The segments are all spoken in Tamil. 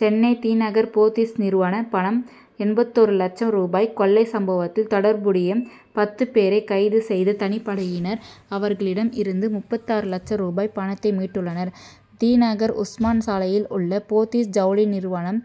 சென்னை தி. நகர், போத்தீஸ் நிறுவன பணம் எண்பத்தொரு லட்சம் ரூபாய் கொள்ளை சம்பவத்தில் தொடர்புடைய பத்து பேரை கைது செய்த தனிப்படையினர், அவர்களிடம் இருந்து முப்பத்தாறு லட்சம் ரூபாய் பணத்தை மீட்டுள்ளனர். தி. நகர் உஸ்மான் சாலையில் உள்ளது போத்தீஸ் ஜவுளி நிறுவனம்.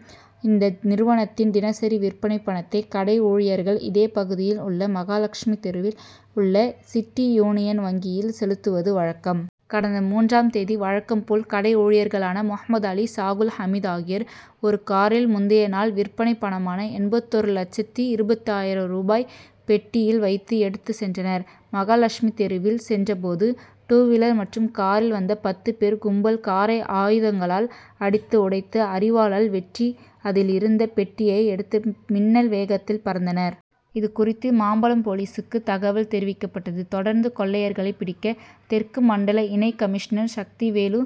இந்த நிறுவனத்தின் தினசரி விற்பனை பணத்தை, கடை ஊழியர்கள், இதே பகுதியில் உள்ள மகாலட்சுமி தெருவில் உள்ள சிட்டி யூனியன் வங்கியில் செலுத்துவது வழக்கம். கடந்த மூன்றாம் தேதி வழக்கம் போல் கடை ஊழியர்களான முகமது அலி, சாகுல் ஹமீது ஆகியோர் ஒரு காரில், முந்தைய நாள் விற்பனை பணமான எண்பத்தொரு லட்சத்து இருபதாயிரம் ரூபாயை பெட்டியில் வைத்து எடுத்துச் சென்றனர். மகாலட்சுமி தெருவில் சென்ற போது, டூவீலர் மற்றும் காரில் வந்த பத்து பேர் கும்பல், காரை ஆயுதங்களால் அடித்து உடைத்து, அரிவாளால் வெட்டி, அதிலிருந்த பெட்டியை எடுத்து மின்னல் வேகத்தில் பறந்தனர். இதுகுறித்து, மாம்பலம் போலீசுக்கு தகவல் தெரிவிக்கப்பட்டது. தொடர்ந்து கொள்ளையர்களைப் பிடிக்க, தெற்கு மண்டல இணை கமிஷனர் சக்திவேலு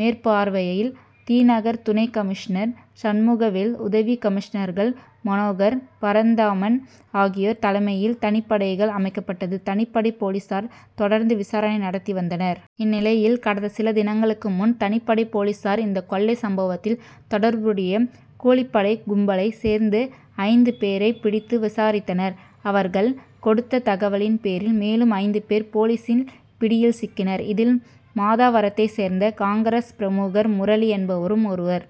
மேற்பார்வையில் தி. நகர் துணை கமிஷனர் சண்முகவேல், உதவி கமிஷனர்கள் மனோகர், பரந்தாமன் ஆகியோர் தலைமையில் தனிப்படைகள் அமைக்கப்பட்டது. தனிப்படை போலீசார் தொடர்ந்து விசாரணை நடத்தி வந்தனர். இந்நிலையில், கடந்த சில தினங்களுக்கு முன், தனிப்படை போலீசார் இந்த கொள்ளை சம்பவத்தில் தொடர்புடைய கூலிப்படை கும்பலைச் சேர்ந்த ஐந்து பேரை பிடித்து விசாரித்தனர். அவர்கள் கொடுத்த தகவலின் பேரில், மேலும் ஐந்து பேர் போலீசின் பிடியில் சிக்கினர். இதில், மாதவரத்தைச் சேர்ந்த காங்கிரஸ் பிரமுகர் முரளி என்பவரும் ஒருவர்.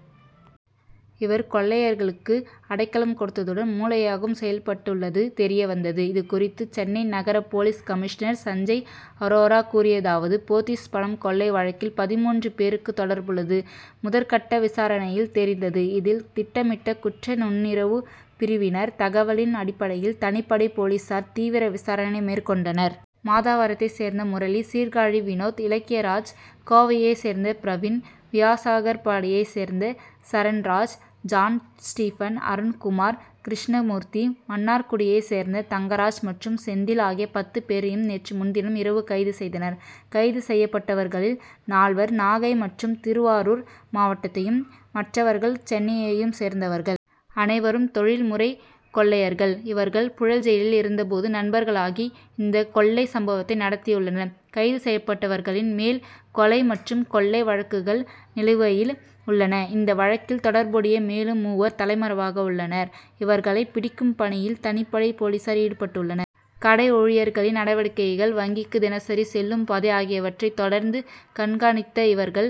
இவர், கொள்ளையர்களுக்கு அடைக்கலம் கொடுத்ததுடன், மூளையாகவும் செயல்பட்டுள்ளது தெரிய வந்தது. இதுகுறித்து, சென்னை நகர போலீஸ் கமிஷனர் சஞ்சய் அரோரா கூறியதாவது: போத்தீஸ் பணம் கொள்ளை வழக்கில், பதின்மூன்று பேருக்கு தொடர்புள்ளது முதற்கட்ட விசாரணையில் தெரிந்தது. இதில், திட்டமிட்ட குற்ற நுண்ணிறவுப் பிரிவினர் தகவலின் அடிப்படையில் தனிப்படை போலீசார் தீவிர விசாரணை மேற்கொண்டனர். மாதவரத்தைச் சேர்ந்த முரளி, சீர்காழி வினோத், இலக்கியராஜ், கோவையைச் சேர்ந்த பிரவீன், வியாசாகர்பாடியைச் சேர்ந்த சரண்ராஜ், ஜான் ஸ்டீபன், அருண்குமார், கிருஷ்ணமூர்த்தி, மன்னார்குடியைச் சேர்ந்த தங்கராஜ் மற்றும் செந்தில் ஆகிய பத்து பேரையும் நேற்று முன்தினம் இரவு கைது செய்தனர். கைது செய்யப்பட்டவர்களில் நால்வர், நாகை மற்றும் திருவாரூர் மாவட்டத்தையும், மற்றவர்கள் சென்னையையும் சேர்ந்தவர்கள். அனைவரும் தொழில் முறை கொள்ளையர்கள். இவர்கள் புழல் ஜெயிலில் இருந்த போது நண்பர்களாகி இந்த கொள்ளை சம்பவத்தை நடத்தியுள்ளனர். கைது செய்யப்பட்டவர்களின் மேல், கொலை மற்றும் கொள்ளை வழக்குகள் நிலுவையில் உள்ளன. இந்த வழக்கில் தொடர்புடைய மேலும் மூவர் தலைமறைவாக உள்ளனர். இவர்களை பிடிக்கும் பணியில் தனிப்படை போலீசார் ஈடுபட்டுள்ளனர். கடை ஊழியர்களின் நடவடிக்கைகள், வங்கிக்கு தினசரி செல்லும் பாதை ஆகியவற்றை தொடர்ந்து கண்காணித்த இவர்கள்,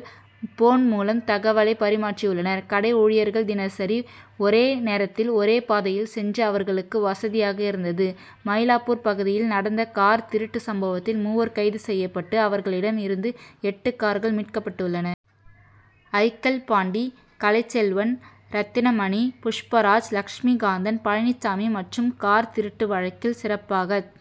போன் மூலம் தகவலை பரிமாறியுள்ளனர். கடை ஊழியர்கள் தினசரி ஒரே நேரத்தில், ஒரே பாதையில் சென்றது அவர்களுக்கு வசதியாக இருந்தது. மயிலாப்பூர் பகுதியில் நடந்த கார் திருட்டு சம்பவத்தில், மூவர் கைது செய்யப்பட்டு அவர்களிடம் இருந்து எட்டு கார்கள் மீட்கப்பட்டுள்ளன. ஐ.,க்கள் பாண்டி, கலைச்செல்வன், ரத்தினமணி, புஷ்பராஜ், லட்சுமி காந்தன், பழனிச்சாமி மற்றும் கார் திருட்டு வழக்கில் சிறப்பாகச்